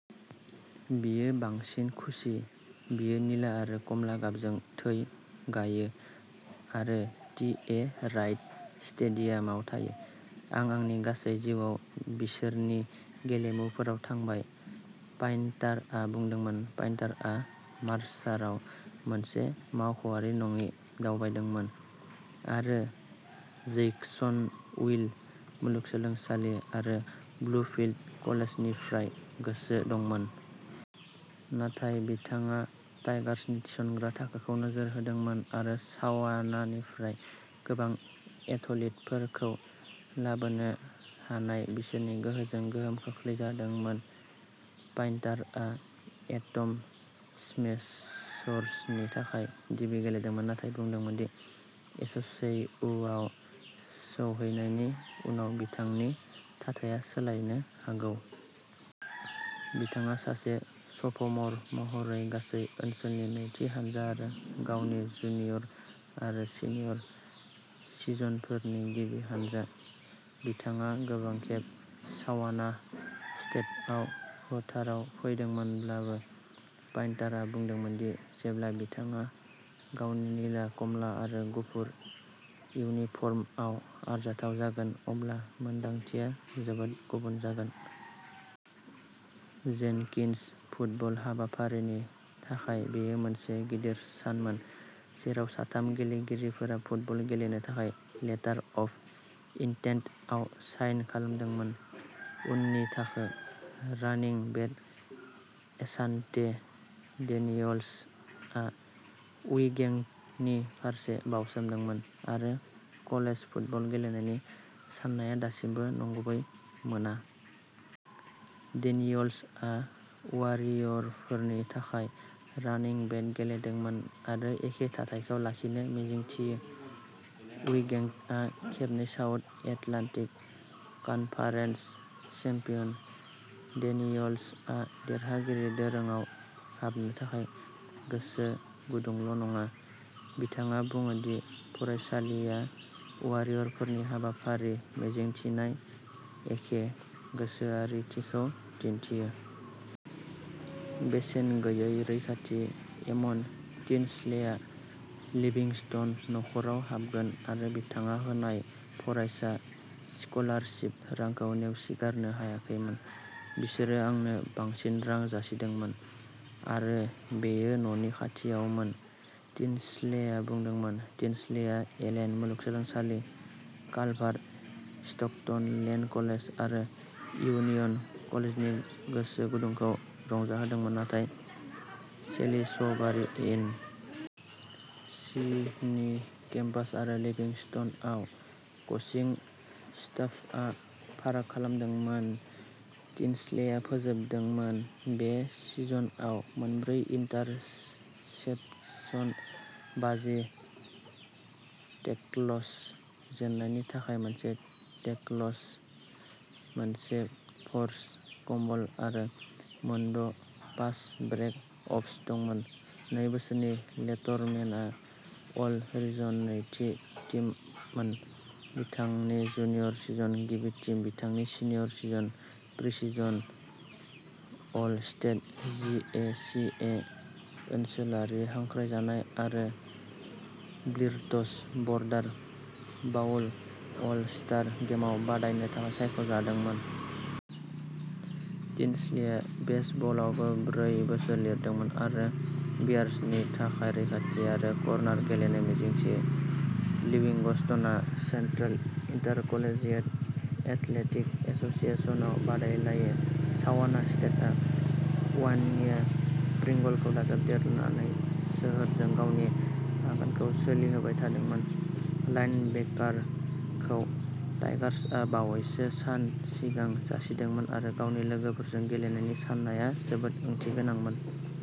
बियो बांसिन खुसि। बियो निला आरो कमला गाबजों थै गायो आरो टि. ए. राइट स्टेडियामाव थायो। "आं आंनि गासै जिउआव बिसोरनि गेलेमुफोराव थांबाय", पइन्टारआ बुंदोंमोन। पइन्टारआ मार्साराव मोनसे मावख'आरि नङि दावबायदोंमोन आरो जैक्सनविल मुलुगसोलोंसालि आरो ब्लुफिल्ड कलेजनिफ्राय गोसो दंमोन। नाथाय बिथाङा टाइगार्सनि थिसनग्रा थाखोखौ नोजोर होदोंमोन आरो सावानानिफ्राय गोबां एथलीटफोरखौ लाबोनो हानाय बिसोरनि गोहोजों गोहोम खोख्लैजादोंमोन। पइन्टारआ एटम स्मेशर्सनि थाखाय डिबि गेलेदोंमोन नाथाय बुंदोंमोन दि एसएसइउआव सौहैनायनि उनाव बिथांनि थाथाया सोलायनो हागौ। बिथाङा सासे स'फ'मर महरै गासै ओनसोलनि नैथि हानजा आरो गावनि जुनियर आरो सिनियर सिजनफोरनि गिबि हानजा। बिथाङा गोबां खेब सावाना स्टेटआव फोथाराव फैदोंमोनब्लाबो, पइन्टारआ बुंदोंमोन दि जेब्ला बिथाङा गावनि निला, कमला आरो गुफुर इउनिफर्मआव आरजाथाव जागोन अब्ला मोन्दांथिया जोबोद गुबुन जागोन। जेनकिन्स फुटबल हाबाफारिनि थाखाय बेयो मोनसे गिदिर सानमोन जेराव साथाम गेलेगिरिफोरा फुटबल गेलेनो थाखाय लेटार अफ इन्टेन्टआव साइन खालामदोंमोन। उननि थाखो। रानिं बेक एशान्टे डेनियल्सआ विगेंनि फारसे बाउसोमदोंमोन, आरो कलेज फुटबल गेलेनायनि साननाया दासिमबो नंगुबै मोना। डेनियल्सआ वारियरफोरनि थाखाय रानिं बेक गेलेदोंमोन आरो एखे थाथायखौ लाखिनो मिजिंथियो। विंगेटआ खेबनै साउथ एटलान्टिक कानफारेन्स चेम्पियन। डेनियल्सआ देरहागिरि दोरोंआव हाबनो थाखाय गोसो गुदुंल' नङा, बिथाङा बुङो दि फरायसालिआ वारियरफोरनि हाबाफारि मिजिंथिनाय एखे गोसोआरिथिखौ दिन्थियो। बेसेन गैयै रैखाथि एम'न टिनस्लेआ लिभिंस्टन नख'राव हाबगोन आरो बिथाङा होनाय फरायसा स्कलारशिप रांखौ नेवसिगारनो हायाखैमोन। "बिसोरो आंनो बांसिन रां जासिदोंमोन आरो बेयो न'नि खाथियावमोन", टिनस्लेआ बुंदोंमोन। टिनस्लेआ एलेन मुलुगसोलोंसालि, कालभार स्टकटन, लेन कलेज आरो यूनियन कलेजनि गोसो गुदुंखौ रंजाहोदोंमोन, नाथाय सेलिसबारि, एन. सि. नि केम्पास आरो लिभिंस्टनआव क'चिं स्टाफआ फाराग खालामदोंमोन। टिनस्लेआ फोजोबदोंमोन। बे सिजनआव मोनब्रै इन्टारसेप्शन, बाजि टेकल्स, जेननायनि थाखाय मोनसे टेकल्स, मोनसे फ'र्स फम्बल आरो मोनद'पास ब्रेक अप्स दंमोन। नै बोसोरनि लेटरमेनआ अल रिजन नैथि टीममोन, बिथांनि जुनियर सिजन, गिबि टीम बिथांनि senior season, preseason all state, G A C A ओनसोलारि हांख्रायजानाय आरो blitz border bowl all star गेमआव बादायनो थाखाय सायख' जादोंमोन। टिनस्लेआ बेसबलआवबो ब्रै बोसोर लिरदोंमोन आरो बियार्सनि थाखाय रैखाथि आरो कर्नार गेलेनो मिजिंथियो। लिविंगस्ट'ना सेन्ट्रेल इन्टारकलेजियेट एथलेटिक एस'सिएशनआव बादायलायो। सावाना स्टेटआ वान्या प्रिंगलखौ दाजाबदेरनानै सोहोरजों गावनि आगानखौ सोलिहोबाय थादोंमोन। लाइनबेकारखौ टाइगर्सआ बावैसो सान सिगां जासिदोंमोन आरो गावनि लोगोफोरजों गेलेनायनि साननाया जोबोद ओंथि गोनांमोन।